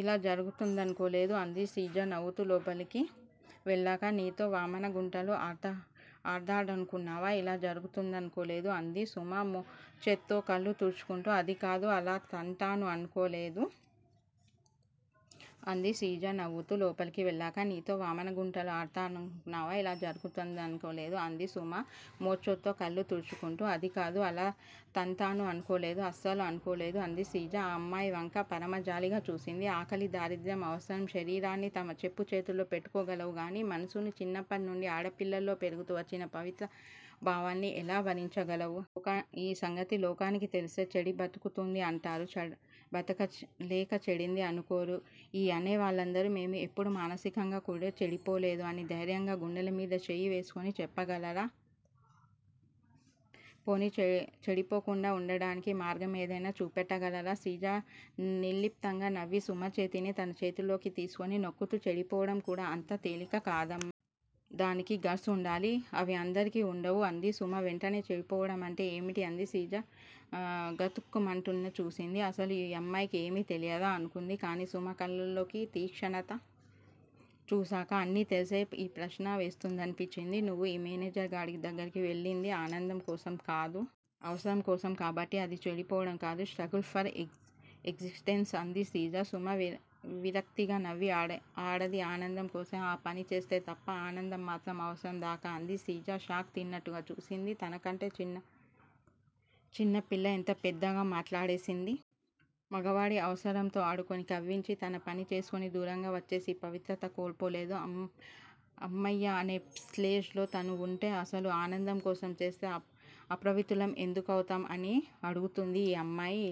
ఇలా జరుగుతుందనుకోలేదు అంది. శ్రీజ నవ్వుతూ లోపలికి వెళ్ళాక నీతో వామనగుంటలు ఆడ్తాడనుకున్నావా? ఇలా జరుగుతుందనుకోలేదు అంది. సుమ మోచేత్తో కళ్ళు తుడుచుకుంటూ అదికాదు! అలా తంతాను అనుకోలేదు అస్సలు అనుకోలేదు అంది. శ్రీజ ఆ అమ్మాయి వంక పరమ జాలిగా చూసింది. ఆకలి, దారిద్ర్యం, అవసరం, శరీరాన్ని తమ చెప్పు చేతల్లో పెట్టుకోగలవు కానీ మనసునీ, చిన్నప్పటినించీ ఆడపిల్లలో పెరుగుతూ వచ్చిన పవిత్ర భావాల్ని ఎలా వరించగలవు? ఈ సంగతి లోకానికి తెలిస్తే చెడి బ్రతుకుతోంది అంటారు. బ్రతకలేక చెడింది అనుకోరు. ఈ అనే వాళ్ళందరూ మేము ఎప్పుడూ మానసికంగా కూడా చెడిపోలేదు అని ధైర్యంగా గుండెల మీద చెయ్యి వేసుకుని చెప్పగలరా? పోనీ చెడిపోకుండా వుండడానికి మార్గం ఏదైనా చూపెట్టగలరా? శ్రీజ నిర్లిప్తంగా నవ్వి, సుమ చేతిని తన చేతిలోకి తీసుకుని నొక్కుతూ చెడిపోవడం కూడా అంత తేలిక కాదమ్మా. దానికీ గట్స్ వుండాలి. అవి అందరికి వుండవు అంది. సుమ వెంటనే చెడిపోవడం అంటే ఏమిటీ? అంది. శ్రీజ గతుక్కుమన్నట్లు చూసింది. అసలు ఈ అమ్మాయికి ఏమీ తెలియదా? అనుకుంది. కానీ సుమ కళ్ళలోని తీక్షణత చూసాక అన్నీ తెలిసే ఈ ప్రశ్న వేస్తోందనిపించింది. నువ్వు ఆ మేనేజర్ గాడి దగ్గరకు వెళ్ళింది ఆనందం కోసం కాదు. అవసరం కోసం కాబట్టి అది చెడిపోవడం కాదు, స్ట్రగుల్ ఫర్ ఎగ్జిట్టెన్స్ అంది శ్రీజ. సుమ విరక్తిగా నవ్వి ఆడది ఆనందం కోసం ఆ పని చేస్తే తప్పా? ఆనందం మాత్రం అవసరం కాదా అంది. శ్రీజ షాక్ తిన్నట్లుగా చూసింది. తనకంటే చిన్నపిల్ల ఎంత పెద్దగా మాట్లాడేసిందీ? మగవాడి అవసరంతో ఆడుకుని, కవ్వించి తన పని చేసుకుని, దూరంగా వచ్చేసి పవిత్రత కోల్పోలేదు అమ్మయ్యా అనే స్లేజ్ లో తను వుంటే అసలు ఆనందం కోసం చేస్తే అపవిత్రులం ఎందుకవుతాం? అని అడుగుతోంది ఈ అమ్మాయి.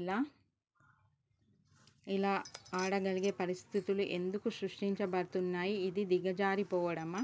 ఇలా ఆడగలిగే పరిస్థితులు ఎందుకు సృష్టించబడుతున్నాయి? ఇది దిగజారిపోవడమా?